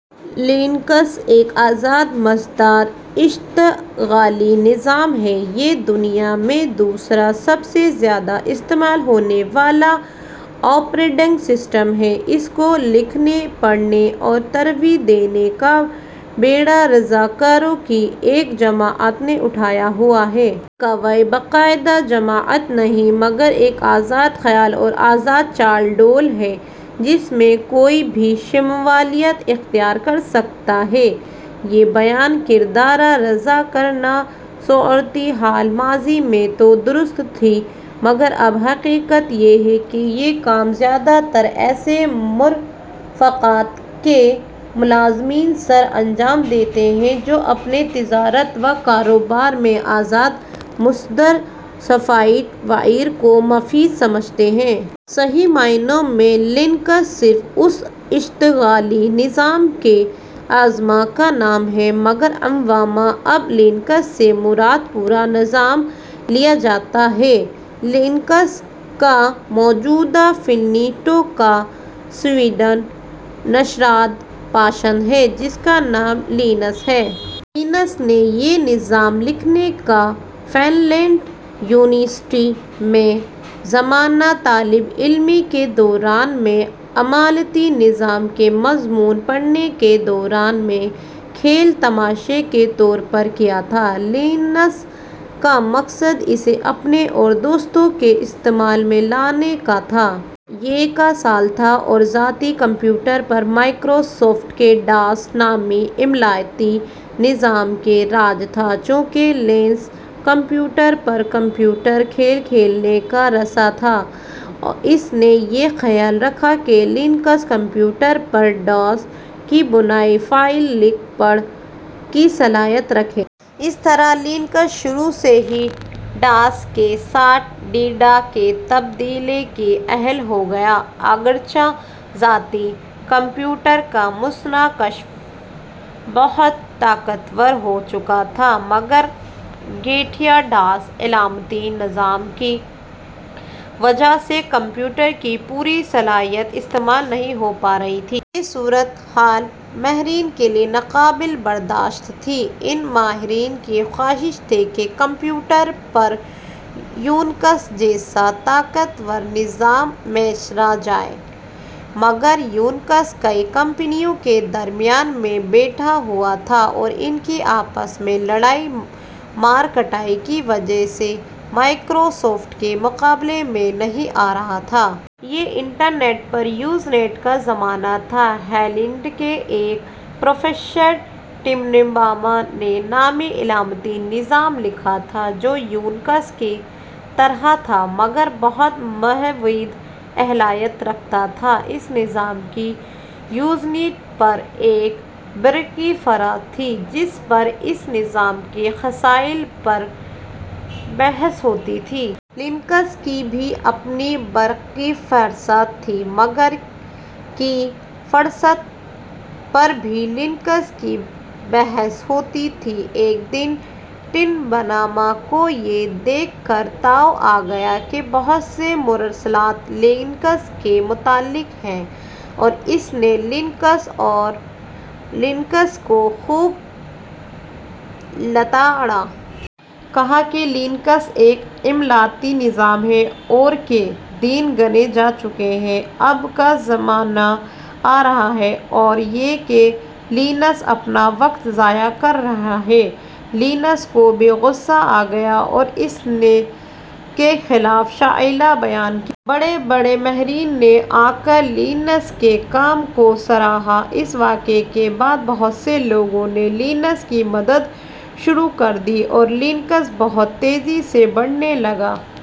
Linux ایک آزاد مصدر اشتغالی نظام ہے۔ یہ دُنیا میں دوسرا سب سے زیادہ استعمال ہونے والا آپریٹنگ سسٹم ہے۔ اس کو لکھنے، بڑھانے اور ترویج دینے کا بیڑا رضاکاروں کی ایک جماعت نے اٹھایا ہوا ہے۔ یہ کوئی باقاعدہ جماعت نہیں مگر ایک آزاد خیال اور آزاد چال ٹولہ ہے جس میں کوئی بھی شمولیت اختیار کر سکتا ہے۔ یہ بیان کردہ رضاکارانہ صورتِ حال ماضی میں تو درست تھی مگر اب حقیقت یہ ہے کہ یہ کام زیادہ تر ایسے مرافقات کے ملازمین سر انجام دیتے ہیں جو اپنے تجارت و کاروبار میں آزاد مصدر سافٹ ویئر کو مفید سمجھتے ہیں۔ صحیح معنوں میں لینکس صرف اُس اشتغالی نظام کے عجمہ کا نام ہے۔ مگر عموماً اب "لینکس" سے مراد پورا نظام لیا جاتا ہے۔ لینکس کا موجد فنلینڈ کا سویڈن نژاد باشندہ ہے، جس کا نام لینس ہے۔ لینس نے یہ نظام لکھنے کا کام فنلینڈ یونیوسٹی میں زمانہ طالب علمی کے دوران میں عملیاتی نظام کا مضمون پڑھنے کے دوران میں کھیل تماشے کے طور پر کیا تھا۔ لینس کا مقصد اسے اپنے اور دوستوں کے استعمال میں لانے کا تھا۔ یہ کا سال تھا اور ذاتی کمپیوٹر پر مائکروسافٹ کے ڈاس نامی عملیاتی نظام کا راج تھا۔ چونکہ لینس کمپوٹر پر کمپیوٹر کھیل کھیلنے کا رسیا تھا اس نے یہ خیال رکھا کہ لینکس کمپیوٹر پر "ڈاس" کی بنائی فائلیں لکھ پڑھ کی صلاحیت رکھے۔ اس طرح لینکس شروع سے ہی "ڈاس" کے ساتھ ڈیٹا کے تبادلہ کی اہل ہو گیا۔ اگرچہ ذاتی کمپیوٹر کا مصنع کثیف بہت طاقتور ہو چکا تھا مگر گھٹیا "ڈاس" عملیاتی نظام کی وجہ سے کمپیوٹر کی پوری صلاحیت استعمال نہیں ہو پا رہی تھی۔ یہ صورت حال ماہرین کے لیے ناقابل برداشت تھی۔ ان ماہرین کی خواہش تھی کہ کمپوٹر پر یونکس جیسا طاقتور نظام میسر آ جائے۔ مگر یونکس کئی کمپنیوں کے درمیان میں بٹا ہوا تھا اور ان کی آپس میں لڑائی مار کٹائی کی وجہ سے مائکروسافٹ کے مقابلے میں نہیں آ رہا تھا۔ یہ انٹرنیٹ پر یوزنیٹ کا زمانہ تھا۔ ہالینڈ کے ایک پروفیسر ٹیننبام نے نامی عملیاتی نظام لکھا تھا جو یونکس کی طرح تھا مگر بہت محدود اہلیت رکھتا تھا۔ اس نظام کی یوزنیٹ پر ایک برقی فہرست تھی جس پر اس نظام کے خصائل پر بحث ہوتی تھی۔ لینکس کی بھی اپنی برقی فہرست تھی مگر کی فہرست پر بھی لینکس کی بحث ہوتی تھی۔ ایک دن ٹیننبام کو یہ دیکھ کر تاؤ آ گیا کہ بہت سے مراسلات لینکس کے متعلق ہیں اور اس نے لینس اور لینکس کو خوب لتاڑا۔ کہا کہ لینکس ایک عملیاتی نظام ہے اور کے دن گنے جا چکے ہیں۔ اب کا زمانہ آ رہا ہے اور یہ کہ لینس اپنا وقت ضائع کر رہا ہے۔ لینس کو بھی غصہ آ گیا اور اس نے کے خلاف شعلہ بیانی کی۔ بڑے بڑے ماہرین نے آ کر لینس کے کام کو سراہا۔ اس واقعہ کے بعد بہت سے لوگوں نے لینس کی مدد شروع کر دی اور لینکس بہت تیزی سے بڑھنے لگا۔